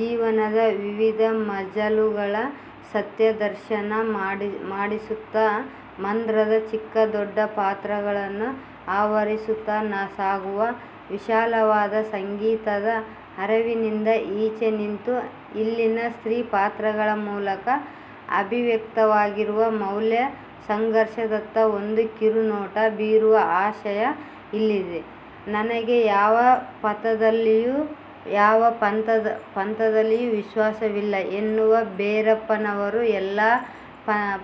ಜೀವನದ ವಿವಿಧ ಮಜಲುಗಳ ಸತ್ಯದರ್ಶನ ಮಾಡಿಸುತ್ತಾ ಮಂದ್ರದ ಚಿಕ್ಕ ದೊಡ್ಡ ಪಾತ್ರಗಳನ್ನು ಆವರಿಸುತ್ತಾ ಸಾಗುವ ವಿಶಾಲವಾದ ಸಂಗೀತದ ಹರವಿನಿಂದ ಈಚೆ ನಿಂತು ಇಲ್ಲಿನ ಸ್ತ್ರೀ ಪಾತ್ರಗಳ ಮೂಲಕ ಅಭಿವ್ಯಕ್ತವಾಗಿರುವ ವೌಲ್ಯ ಸಂಘರ್ಷದತ್ತ ಒಂದು ಕಿರು ನೋಟ ಬೀರುವ ಆಶಯ ಇಲ್ಲಿದೆ. 'ನನಗೆ ಯಾವ ಪಂಥದಲ್ಲಿಯೂ ವಿಶ್ವಾಸವಿಲ್ಲ' ಎನ್ನುವ ಭೆರಪ್ಪನವರು ಎಲ್ಲಾ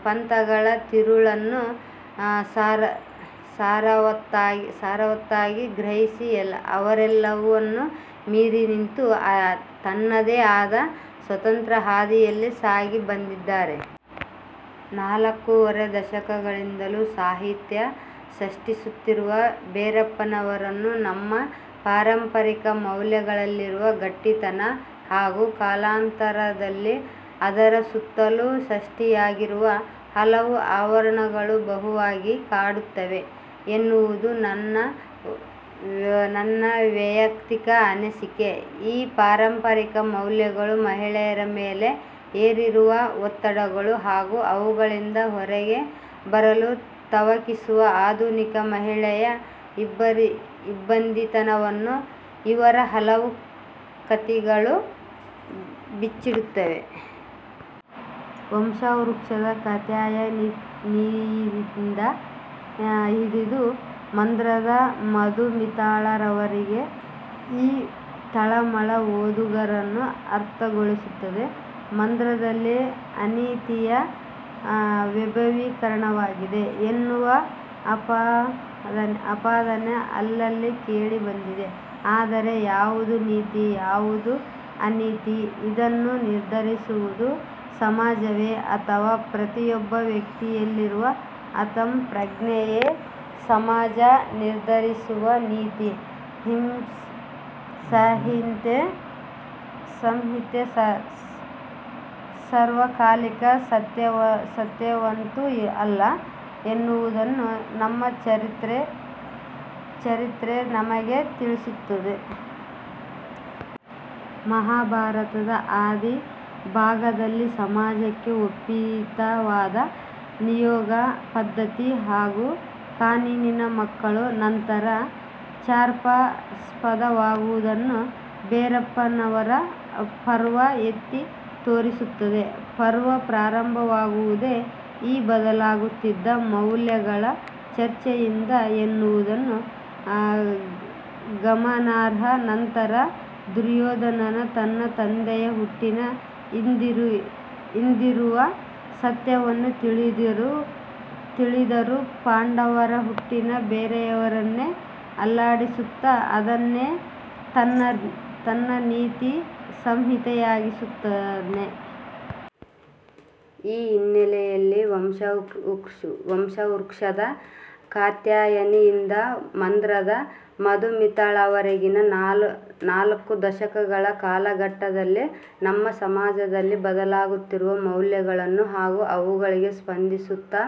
ಪಂಥಗಳ ತಿರುಳನ್ನೂ ಸಾರವತ್ತಾಗಿ ಗ್ರಹಿಸಿ, ಅವೆಲ್ಲವನ್ನೂ ಮೀರಿನಿಂತು, ತನ್ನದೇ ಆದ ಸ್ವತಂತ್ರ ಹಾದಿಯಲ್ಲಿ ಸಾಗಿ ಬಂದಿದ್ದಾರೆ. ನಾಲಕ್ಕೂವರೆ ದಶಕಗಳಿಂದಲೂ ಸಾಹಿತ್ಯ ಸಷ್ಟಿಸುತ್ತಿರುವ ಭೆರಪ್ಪನವರನ್ನು ನಮ್ಮ ಪಾರಂಪರಿಕ ವೌಲ್ಯಗಳಲ್ಲಿರುವ ಗಟ್ಟಿತನ ಹಾಗೂ ಕಾಲಾಂತರದಲ್ಲಿ ಅದರ ಸುತ್ತಲೂ ಸಷ್ಟಿಯಾಗಿರುವ ಹಲವು ಆವರಣಗಳು ಬಹುವಾಗಿ ಕಾಡುತ್ತವೆ ಎನ್ನುವುದು ನನ್ನ ವೆಯಕ್ತಿಕ ಅನಿಸಿಕೆ. ಈ ಪಾರಂಪರಿಕ ವೌಲ್ಯಗಳು ಮಹಿಳೆಯರ ಮೇಲೆ ಹೇರಿರುವ ಒತ್ತಡಗಳು ಹಾಗೂ ಅವುಗಳಿಂದ ಹೊರಗೆ ಬರಲು ತವಕಿಸುವ ಆಧುನಿಕ ಮಹಿಳೆಯ ಇಬ್ಬಂದಿತನವನ್ನು ಇವರ ಹಲವು ಕತಿಗಳು ಬಿಚ್ಚಿಡುತ್ತವೆ. 'ವಂಶವಕ್ಷ'ದ ಕಾತ್ಯಾಯನಿಯಿಂದ ಹಿಡಿದು 'ಮಂದ್ರ'ದ ಮಧುಮಿತಾಳವರೆಗೆ ಈ ತಳಮಳ ಓದುಗರನ್ನು ಆರ್ದ್ರಗೊಳಿಸುತ್ತದೆ. 'ಮಂದ್ರ'ದಲ್ಲಿ ಅನೀತಿಯ ವೆಭವೀಕರಣವಾಗಿದೆ ಎನ್ನುವ ಆಪಾದನೆ ಅಲ್ಲಲ್ಲಿ ಕೇಳಿಬಂದಿದೆ. ಆದರೆ, ಯಾವುದು ನೀತಿ? ಯಾವುದು ಅನೀತಿ? ಇದನ್ನು ನಿರ್ಧರಿಸುವುದು ಸಮಾಜವೇ ಅಥವಾ ಪ್ರತಿಯೊಬ್ಬ ವ್ಯಕ್ತಿಯಲ್ಲಿರುವ ಅಂತಃ ಪ್ರಜ್ಞೆಯೇ? ಸಮಾಜ ನಿರ್ಧರಿಸುವ ನೀತಿ ಸಂಹಿತೆ ಸಾರ್ವಕಾಲಿಕ ಸತ್ಯವಂತೂ ಅಲ್ಲ ಎನ್ನುವುದನ್ನು ನಮ್ಮ ಚರಿತ್ರೆ ನಮಗೆ ತಿಳಿಸುತ್ತಿದೆ. ಮಹಾಭಾರತದ ಆದಿ ಭಾಗದಲ್ಲಿ ಸಮಾಜಕ್ಕೆ ಒಪ್ಪಿತವಾದ ನಿಯೋಗ ಪದ್ಧತಿ ಹಾಗೂ ಕಾನೀನ ಮಕ್ಕಳು ನಂತರ ಚರ್ಚಾಸ್ಪದವಾಗುವುದನ್ನು ಭೆರಪ್ಪನವರ 'ಪರ್ವ' ಎತ್ತಿ ತೋರಿಸುತ್ತದೆ. ಪರ್ವ ಪ್ರಾರಂಭವಾಗುವುದೇ ಈ ಬದಲಾಗುತ್ತಿದ್ದ ವೌಲ್ಯಗಳ ಚರ್ಚೆಯಿಂದ ಎನ್ನುವುದನ್ನು ಗಮನಾರ್ಹ. ನಂತರ, ದುರ್ಯೋಧನ ತನ್ನ ತಂದೆಯ ಹುಟ್ಟಿನ ಹಿಂದಿರುವ ಸತ್ಯವನ್ನು ತಿಳಿದರೂ, ಪಾಂಡವರ ಹುಟ್ಟಿನ ಬೇರನ್ನೇ ಅಲ್ಲಾಡಿಸುತ್ತಾ, ಅದನ್ನೇ ತನ್ನ ನೀತಿ ಸಂಹಿತೆಯಾಗಿಸುತ್ತಾನೆ. ಈ ಹಿನ್ನೆಲೆಯಲ್ಲಿ, ವಂಶವಕ್ಷದ ಕಾತ್ಯಾಯನಿಯಿಂದ ಮಂದ್ರದ ಮಧುಮಿತಾಳವರೆಗಿನ ನಾಲಕ್ಕು ದಶಕಗಳ ಕಾಲಘಟ್ಟದಲ್ಲಿ ನಮ್ಮ ಸಮಾಜದಲ್ಲಿ ಬದಲಾಗುತ್ತಿರುವ ವೌಲ್ಯಗಳನ್ನೂ ಹಾಗೂ ಅವುಗಳಿಗೆ ಸ್ಪಂದಿಸುತ್ತಾ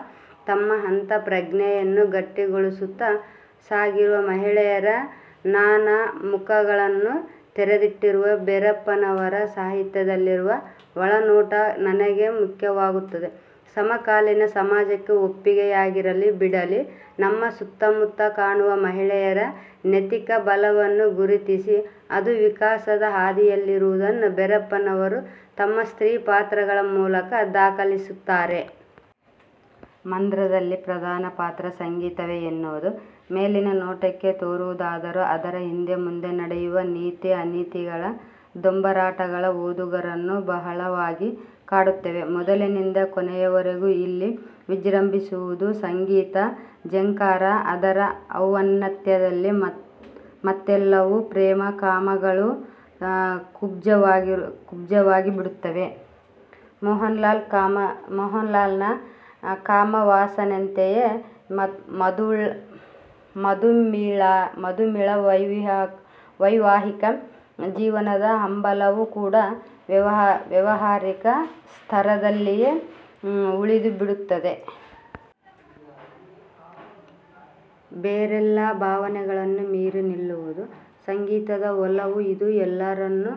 ತಮ್ಮ ಅಂತಃ ಪ್ರಜ್ಞೆಯನ್ನು ಗಟ್ಟಿಗೊಳಿಸುತ್ತಾ ಸಾಗಿರುವ ಮಹಿಳೆಯರ ನಾನಾ ಮುಖಗಳನ್ನೂ ತೆರೆದಿಟ್ಟಿರುವ ಭೆರಪ್ಪನವರ ಸಾಹಿತ್ಯದಲ್ಲಿರುವ ಒಳನೋಟ ನನಗೆ ಮುಖ್ಯವಾಗುತ್ತದೆ. ಸಮಕಾಲೀನ ಸಮಾಜಕ್ಕೆ ಒಪ್ಪಿಗೆಯಾಗಿರಲಿ ಬಿಡಲಿ ನಮ್ಮ ಸುತ್ತ ಮುತ್ತ ಕಾಣುವ ಮಹಿಳೆಯರ ನೆತಿಕ ಬಲವನ್ನು ಗುರುತಿಸಿ ಅದು, ವಿಕಾಸದ ಹಾದಿಯಲ್ಲಿರುವುದನ್ನು ಭೆರಪ್ಪನವರು ತಮ್ಮ ಸ್ತ್ರೀ ಪಾತ್ರಗಳ ಮೂಲಕ ದಾಖಲಿಸುತ್ತಾರೆ. 'ಮಂದ್ರ'ದಲ್ಲಿ ಪ್ರಧಾನ ಪಾತ್ರ ಸಂಗೀತವೇ ಎನ್ನುವುದು ಮೇಲಿನ ನೋಟಕ್ಕೇ ತೋರುವುದಾದರೂ, ಅದರ ಹಿಂದೆ ಮುಂದೆ ನಡೆಯುವ ನೀತಿ-ಅನೀತಿಗಳ ದೊಂಬರಾಟಗಳು ಓದುಗರನ್ನು ಬಹಳವಾಗಿ ಕಾಡುತ್ತವೆ. ಮೊದಲಿನಿಂದ ಕೊನೆಯವರೆಗೂ ಇಲ್ಲಿ ವಿಜೃಂಭಿಸುವುದು ಸಂಗೀತದ ಝೇಂಕಾರ. ಅದರ ಔನ್ನತ್ಯದಲ್ಲಿ ಮತ್ತೆಲ್ಲವೂ, ಪ್ರೇಮ-ಕಾಮಗಳೂ ಕುಬ್ಜವಾಗಿಬಿಡುತ್ತವೆ. ಮೋಹನಲಾಲನ ಕಾಮವಾಸನೆಯಂತೆಯೇ ಮಧುಮಿತಾಳ ವೈವಾಹಿಕ ಜೀವನದ ಹಂಬಲವೂ ಕೂಡ ವ್ಯಾವಹಾರಿಕ ಸ್ತರದಲ್ಲಿಯೇ ಉಳಿದುಬಿಡುತ್ತದೆ. ಬೇರೆಲ್ಲಾ ಭಾವಗಳನ್ನೂ ಮೀರಿ ನಿಲ್ಲುವುದು ಸಂಗೀತದ ಒಲವು. ಇದು ಎಲ್ಲರನ್ನೂ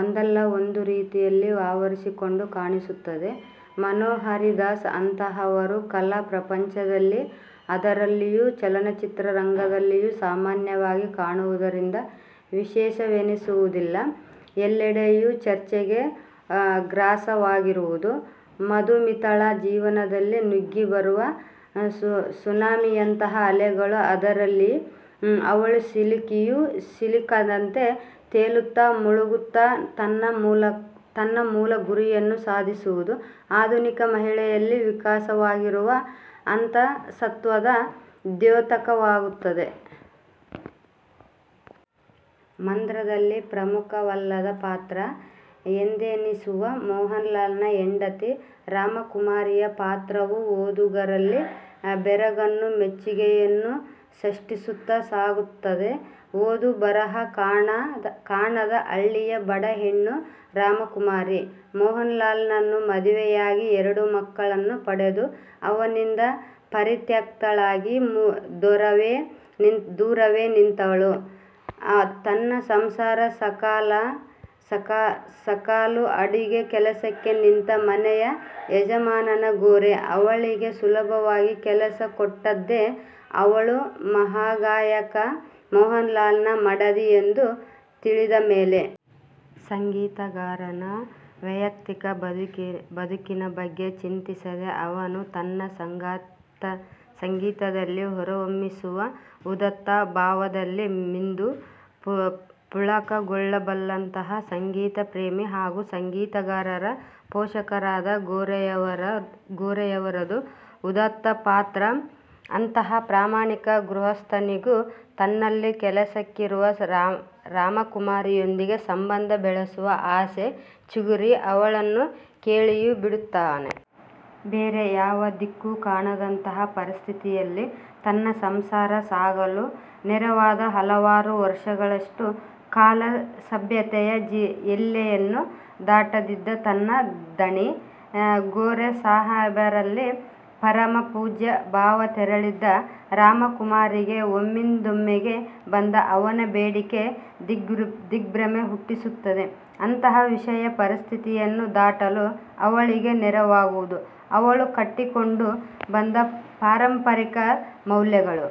ಒಂದಲ್ಲ ಒಂದು ರೀತಿಯಲ್ಲಿ ಆವರಿಸಿಕೊಂಡು ಕುಣಿಸುತ್ತದೆ. ಮನೋಹರಿ ದಾಸ್ ಅಂತಹವರು ಕಲಾ ಪ್ರಪಂಚದಲ್ಲಿ ಅದರಲ್ಲಿಯೂ ಚಲನಚಿತ್ರರಂಗದಲ್ಲಿ ಸಾಮಾನ್ಯವಾಗಿ ಕಾಣುವುದರಿಂದ ವಿಶೇಷವೆನಿಸುವುದಿಲ್ಲ. ಎಲ್ಲೆಡೆಯೂ ಚರ್ಚೆಗೆ ಗ್ರಾಸವಾಗಿರುವುದು ಮಧುಮಿತಾಳ ಜೀವನದಲ್ಲಿ ನುಗ್ಗಿ ಬರುವ ಸುನಾಮಿಯಂತಹ ಅಲೆಗಳು. ಅದರಲ್ಲಿ ಅವಳು ಸಿಲುಕಿಯೂ ಸಿಲುಕದಂತೆ ತೇಲುತ್ತಾ ಮುಳುಗುತ್ತಾ ತನ್ನ ಮೂಲ ಗುರಿಯನ್ನು ಸಾಧಿಸುವುದು ಆಧುನಿಕ ಮಹಿಳೆಯಲ್ಲಿ ವಿಕಾಸವಾಗಿರುವ ಅಂತಃಸತ್ತ್ವದ ದ್ಯೋತಕವಾಗುತ್ತದೆ. ಮಂದ್ರದಲ್ಲಿ ಪ್ರಮುಖವಲ್ಲದ ಪಾತ್ರ ಎಂದೆನಿಸುವ ಮೋಹನಲಾಲನ ಹೆಂಡತಿ ರಾಮಕುಮಾರಿಯ ಪಾತ್ರವೂ ಓದುಗರಲ್ಲಿ ಬೆರಗನ್ನೂ ಮೆಚ್ಚುಗೆಯನ್ನೂ ಸಷ್ಟಿಸುತ್ತಾ ಸಾಗುತ್ತದೆ. ಓದು-ಬರಹ ಕಾಣದ ಹಳ್ಳಿಯ ಬಡ ಹೆಣ್ಣು ರಾಮಕುಮಾರಿ ಮೋಹನಲಾಲನನ್ನು ಮದುವೆಯಾಗಿ ಎರಡು ಮಕ್ಕಳನ್ನು ಪಡೆದು ಅವನಿಂದ ಪರಿತ್ಯಕ್ತಳಾಗಿ ದೂರವೇ ನಿಂತವಳು. ತನ್ನ ಸಂಸಾರ ಸಾಕಲು ಅಡಿಗೆ ಕೆಲಸಕ್ಕೆ ನಿಂತ ಮನೆಯ ಯಜಮಾನ, ಗೋರೆ ಅವಳಿಗೆ ಸುಲಭವಾಗಿ ಕೆಲಸ ಕೊಟ್ಟದ್ದೇ, ಅವಳು ಮಹಾಗಾಯಕ ಮೋಹನಲಾಲನ ಮಡದಿ ಎಂದು ತಿಳಿದಮೇಲೆ. ಸಂಗೀತಗಾರನ ವೆಯಕ್ತಿಕ ಬದುಕಿನ ಬಗ್ಗೆ ಚಿಂತಿಸದೆ, ಅವನು ತನ್ನ ಸಂಗೀತದಲ್ಲಿ ಹೊರಹೊಮ್ಮಿಸುವ ಉದಾತ್ತ ಭಾವದಲ್ಲಿ ಮಿಂದು ಪುಳಕಗೊಳ್ಳಬಲ್ಲಂತಹ ಸಂಗೀತ ಪ್ರೇಮಿ ಹಾಗೂ ಸಂಗೀತಗಾರರ ಪೋಷಕರಾದ ಗೋರೆಯವರದು ಉದಾತ್ತ ಪಾತ್ರ. ಅಂತಹ ಪ್ರಾಮಾಣಿಕ ಗೃಹಸ್ಥನಿಗೂ ತನ್ನಲ್ಲಿ ಕೆಲಸಕ್ಕಿರುವ ರಾಮಕುಮಾರಿಯೊಂದಿಗೆ ಸಂಬಂಧ ಬೆಳೆಸುವ ಆಸೆ ಚಿಗುರಿ ಅವಳನ್ನು ಕೇಳಿಯೂ ಬಿಡುತ್ತಾನೆ. ಬೇರೆ ಯಾವ ದಿಕ್ಕೂ ಕಾಣದಂತಹ ಪರಿಸ್ಥಿತಿಯಲ್ಲಿ, ತನ್ನ ಸಂಸಾರ ಸಾಗಲು ನೆರವಾದ, ಹಲವಾರು ವರ್ಷಗಳಷ್ಟು ಕಾಲ ಸಭ್ಯತೆಯ ಎಲ್ಲೆಯನ್ನು ದಾಟದಿದ್ದ ತನ್ನ ಧಣಿ ಗೋರೆಸಾಹೇಬರಲ್ಲಿ ಪರಮ ಪೂಜ್ಯ ಭಾವ ತಳೆದಿದ್ದ ರಾಮಕುಮಾರಿಗೆ ಒಮ್ಮಿಂದೊಮ್ಮೆಗೇ ಬಂದ ಅವನ ಬೇಡಿಕೆ ದಿಗ್ಭ್ರಮೆ ಹುಟ್ಟಿಸುತ್ತದೆ. ಅಂತಹ ವಿಷಮ ಪರಿಸ್ಥಿತಿಯನ್ನು ದಾಟಲು ಅವಳಿಗೆ ನೆರವಾಗುವುದು ಅವಳು ಕಟ್ಟಿಕೊಂಡು ಬಂದ ಪಾರಂಪರಿಕ ವೌಲ್ಯಗಳು.